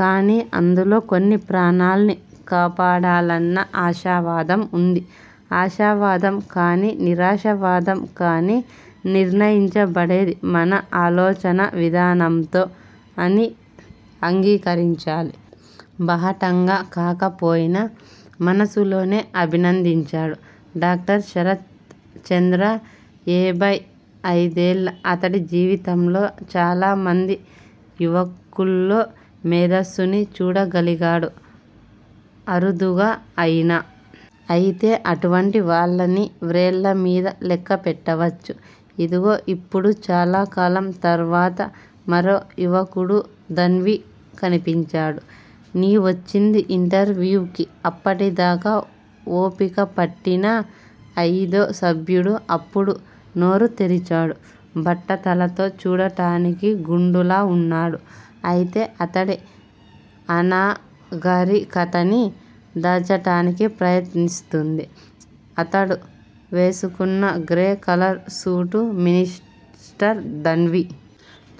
కానీ అందులో కొన్ని ప్రాణాల్ని కాపాడాలన్న ఆశావాదం వుంది ఆశావాదం కానీ నిరాశావాదం కానీ నిర్ణయించబడేది మన ఆలోచనా విధానంతో అని అంగికరించాలి. బహాటంగా కాకపోయినా మనసులోనే అభినందించాడు డాక్టర్ శరత్ చంద్ర ఏభై అయిదేళ్ళ అతడి జీవితంలో చాలా మంది యువకుల్లో మేధస్సుని చూడగలిగాడు అరుదుగా అయినా. అయితే అటువంటి వాళ్ళని వ్రేళ్ళ మీద లెక్కపెట్టవచ్చు ఇదిగో యిప్పుడు చాలా కాలం తర్వాత మరో యువకుడు ధన్వి కనిపించాడు. నీవొచ్చింది ఇంటర్వ్యూ కి అప్పటి దాకా ఓపికపట్టిన అయిదో సభ్యుడు అప్పుడు నోరు తెరిచాడు బట్టతలతో చూడటానికి గుండులా వున్నాడు. అయితే అతడి అనాగరికతని దాచటానికి ప్రయత్నిస్తుంది ఆతడు వేసుకున్న grey colour suit mister Dhanvi.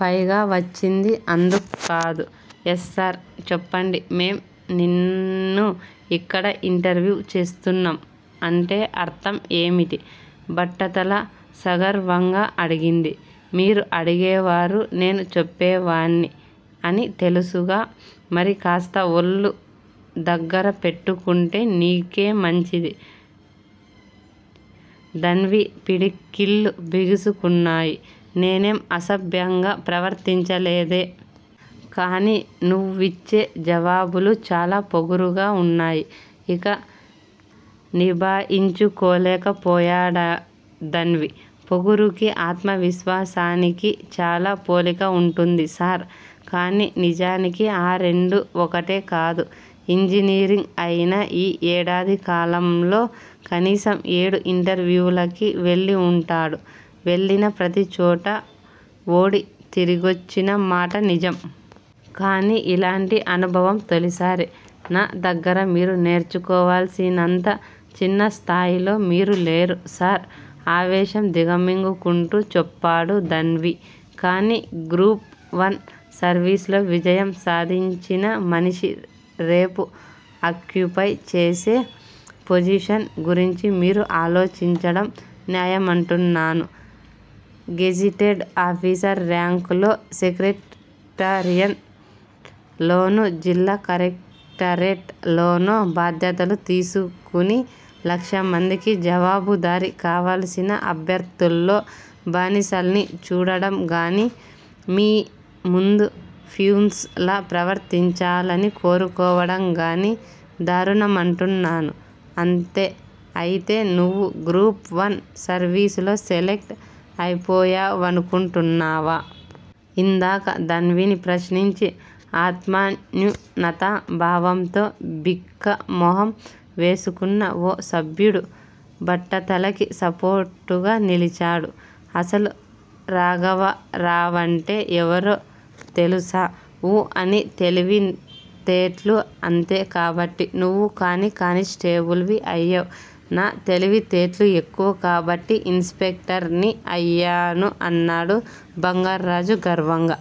పైగా వచ్చింది అందుక్కాదు. యస్సర్, చెప్పండి మేం నిన్ను యిక్కడ యింటర్వ్యు చేస్తున్నాం అంటే అర్ధం ఏమిటి? బట్టతల సగర్వంగా అడిగింది. మీరు అడిగేవారు, నేను చెప్పేవాడ్ని అని. తెలుసుగా మరి కాస్త ఒళ్ళు దగ్గర పెట్టుకుంటే నీకే మంచిది ధన్వి పిడికిళ్ళు బిగిసుకున్నాయి. నేనేం అసభ్యంగా ప్రవర్తించలేదే! కానీ నువ్విచ్చే జవాబులు చాలా పొగరుగా వున్నాయి. ఇక నిభాయించుకోలేకపోయాడు ధన్వి. పొగరుకి, ఆత్మ విశ్వాసానికి చాలా పోలిక వుంటుంది సర్. కానీ నిజానికి ఆ రెండు ఒకటే కాదు ఇంజనీరింగ్ అయిన యీ ఏడాదికాలంలో కనీసం ఏడు ఇంటర్వ్యూలకి వెళ్ళి వుంటాడు. వెళ్ళిన ప్రతిచోట ఓడి తిరిగొచ్చిన మాట నిజం. కాని యిలాంటి అనుభవం తొలిసారి. నా దగ్గర మీరు నేర్చుకోవాల్సినంత చిన్నస్థాయిలో మీరు లేరు సర్ ఆవేశం దిగమింగుకుంటూ చెప్పాడు ధన్వి. కానీ గ్రూప్ వన్ సర్విస్ లో విజయం సాధించిన మనిషి రేపు అక్యుపై చేసే పొజిషన్ గురించి మీరు ఆలోచించడం న్యాయమంటున్నాను గెజిటెడ్ ఆఫీసర్ ర్యాంక్ లో సెక్రటేరియట్ లోనో, జిల్లా కలెక్టరేట్ లోనో బాధ్యతలు తీసుకుని లక్షమందికి జవాబుదారి కావలసిన అభ్యర్ధిల్లో బానిసల్ని చూడడంగానీ, మీ ముందు ఫ్యున్స్ లా ప్రవర్తించలని కోరుకోవడంగానీ దారుణమంటున్నాను అంతే అయితే నువ్వు గ్రూప్ వన్ సర్వీసులో సెలెక్ట్ అయిపోయావనుకుంటున్నావా? ఇందాక ధన్విని ప్రశ్నించి ఆత్మన్యూనతా భావంతో బిక్కమొహం వేసుకున్న ఓ సభ్యుడు బట్టతలకి సపోర్టుగా నిలిచాడు అసలు రాఘవరావంటే ఎవరో తెలుసా? ఊ అని తెలివితేట్లు అంతే కాబట్టి నువ్వు కాని స్టేబుల్ వి అయ్యావ్. నా తెలివితేట్లు ఎక్కువ కాబట్టి ఇన్ స్పెక్టర్ ని అయ్యాను అన్నాడు బంగార్రాజు గర్వంగా.